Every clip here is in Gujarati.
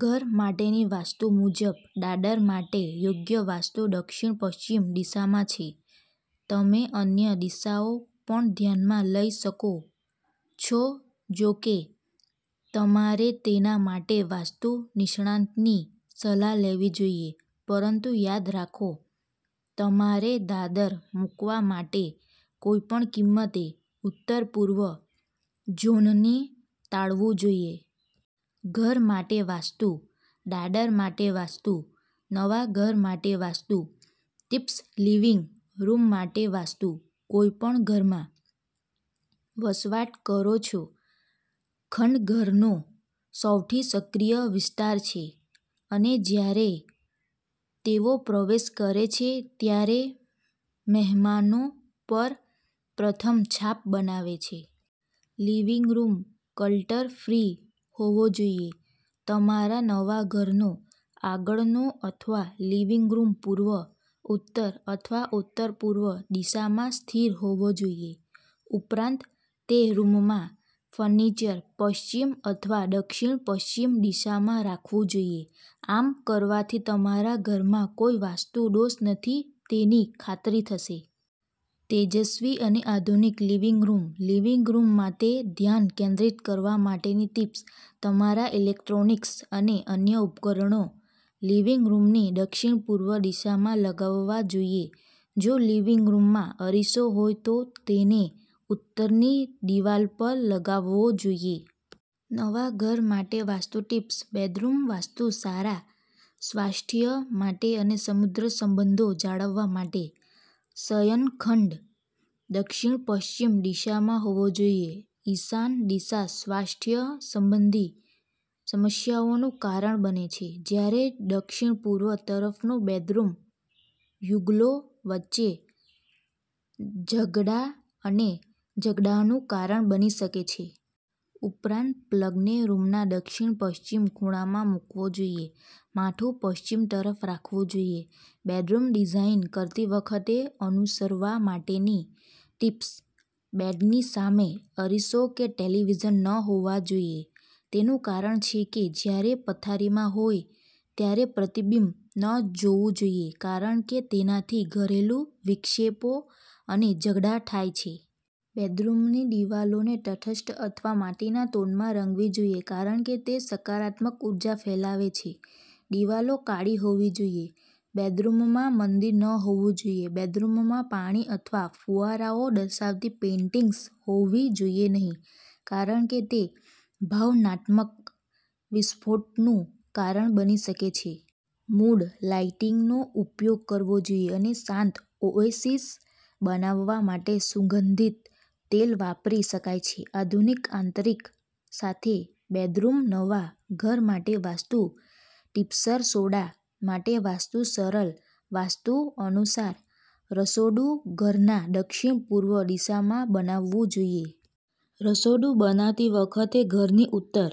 ઘર માટેની વાસ્તુ મુજબ, દાદર માટે યોગ્ય વાસ્તુ દક્ષિણ-પશ્ચિમ દિશામાં છે. તમે અન્ય દિશાઓ પણ ધ્યાનમાં લઈ શકો છોજો કે, તમારે તેના માટે વાસ્તુ નિષ્ણાતની સલાહ લેવી જોઈએ. પરંતુ યાદ રાખો, તમારે દાદર મૂકવા માટે કોઈપણ કિંમતે ઉત્તરપૂર્વ ઝોનને ટાળવું જોઈએ. ઘર માટે વાસ્તુઃ દાદર માટે વાસ્તુ. નવા ઘર માટે વાસ્તુ ટિપ્સલિવિંગ રૂમ માટે વાસ્તુ કોઈપણ ઘરમાં, વસવાટ કરો છો ખંડઘરનો સૌથી સક્રિય વિસ્તાર છે અને જ્યારે તેઓ પ્રવેશ કરે છે ત્યારે મહેમાનો પર પ્રથમ છાપ બનાવે છે. લિવિંગ રૂમ ક્લટર ફ્રી હોવો જોઈએ. તમારા નવા ઘરનો આગળનો અથવા લિવિંગ રૂમ પૂર્વ, ઉત્તર અથવા ઉત્તરપૂર્વ દિશામાં સ્થિત હોવો જોઈએ. ઉપરાંત, તે રૂમમાં ફર્નિચર પશ્ચિમ અથવા દક્ષિણ-પશ્ચિમ દિશામાં રાખવું જોઈએ. આમ કરવાથી તમારા ઘરમાં કોઈ વાસ્તુ દોષ નથી તેની ખાતરી થશે. તેજસ્વી અને આધુનિક લિવિંગ રૂમ લિવિંગ રૂમ માટે ધ્યાન કેન્દ્રિત કરવા માટેની ટિપ્સ: તમામ ઈલેક્ટ્રોનિક્સ અને અન્ય ઉપકરણો લિવિંગ રૂમની દક્ષિણ-પૂર્વ દિશામાં લગાવવા જોઈએ. જો લિવિંગ રૂમમાં અરીસો હોય તો તેને ઉત્તરની દિવાલ પર લગાવવો જોઈએ. નવા ઘર માટે વાસ્તુ ટિપ્સ: બેડરૂમ વાસ્તુ સારા સ્વાસ્થ્ય માટે અને સમૃદ્ધ સંબંધો જાળવવા માટે, શયનખંડ દક્ષિણ પશ્ચિમ દિશામાં હોવો જોઈએ. ઈશાન દિશા સ્વાસ્થ્ય સંબંધી સમસ્યાઓનું કારણ બને છે, જ્યારે દક્ષિણ-પૂર્વ તરફનો બેડરૂમ યુગલો વચ્ચે ઝઘડા અને ઝઘડાનું કારણ બની શકે છે. ઉપરાંત, પલંગને રૂમના દક્ષિણ-પશ્ચિમ ખૂણામાં મુકવો જોઈએ, માથું પશ્ચિમ તરફ રાખવું જોઈએ. બેડરૂમ ડિઝાઇન કરતી વખતે અનુસરવા માટેની ટીપ્સ:બેડની સામે અરીસો કે ટેલિવિઝન ન હોવા જોઈએ. તેનું કારણછે કે જ્યારે પથારીમાં હોય ત્યારે પ્રતિબિંબ ન જોવું જોઈએ, કારણ કે તેનાથી ઘરેલું વિક્ષેપો અને ઝઘડા થાય છે. બેડરૂમની દિવાલોને તટસ્થ અથવા માટીના ટોનમાં રંગવી જોઈએ, કારણ કે તે સકારાત્મક ઉર્જા ફેલાવે છે. દિવાલો કાળી હોવી જોઈએ. બેડરૂમમાં મંદિર ન હોવું જોઈએ. બેડરૂમમાં પાણી અથવા ફુવારાઓ દર્શાવતી પેઇન્ટિંગ્સ હોવી જોઈએ નહીં, કારણ કે તે ભાવનાત્મક વિસ્ફોટનું કારણ બની શકે છે. મૂડ લાઇટિંગનો ઉપયોગ કરવો જોઈએ, અને શાંત ઓએસિસ બનાવવા માટે સુગંધિત તેલ વાપરી શકાય છે. આધુનિક આંતરિક સાથે બેડરૂમનવા ઘર માટે વાસ્તુ ટિપ્સરસોડા માટે વાસ્તુ સરલ વાસ્તુ અનુસાર રસોડું ઘરના દક્ષિણ-પૂર્વ દિશામાં બનાવવું જોઈએ. રસોડું બનાવતી વખતે ઘરની ઉત્તર,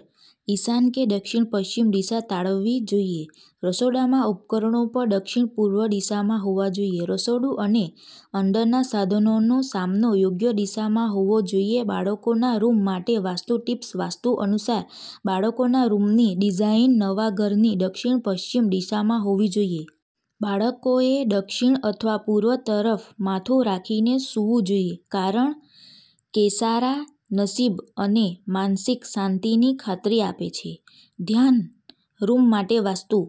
ઈશાન કે દક્ષિણ-પશ્ચિમ દિશા ટાળવી જોઈએ. રસોડામાં ઉપકરણો પણ દક્ષિણ-પૂર્વ દિશામાં હોવા જોઈએ. રસોડું અને અંદરના સાધનોનો સામનો યોગ્ય દિશામાં હોવો જોઈએબાળકોના રૂમ માટે વાસ્તુ ટિપ્સ વાસ્તુ અનુસાર બાળકોના રૂમની ડિઝાઈન નવા ઘરની દક્ષિણ-પશ્ચિમ દિશામાં હોવી જોઈએ. બાળકોએ દક્ષિણ અથવા પૂર્વ તરફ માથું રાખીને સૂવું જોઈએ, કારણ કેસારા નસીબ અને માનસિક શાંતિની ખાતરી આપે છે. ધ્યાન રૂમ માટે વાસ્તુ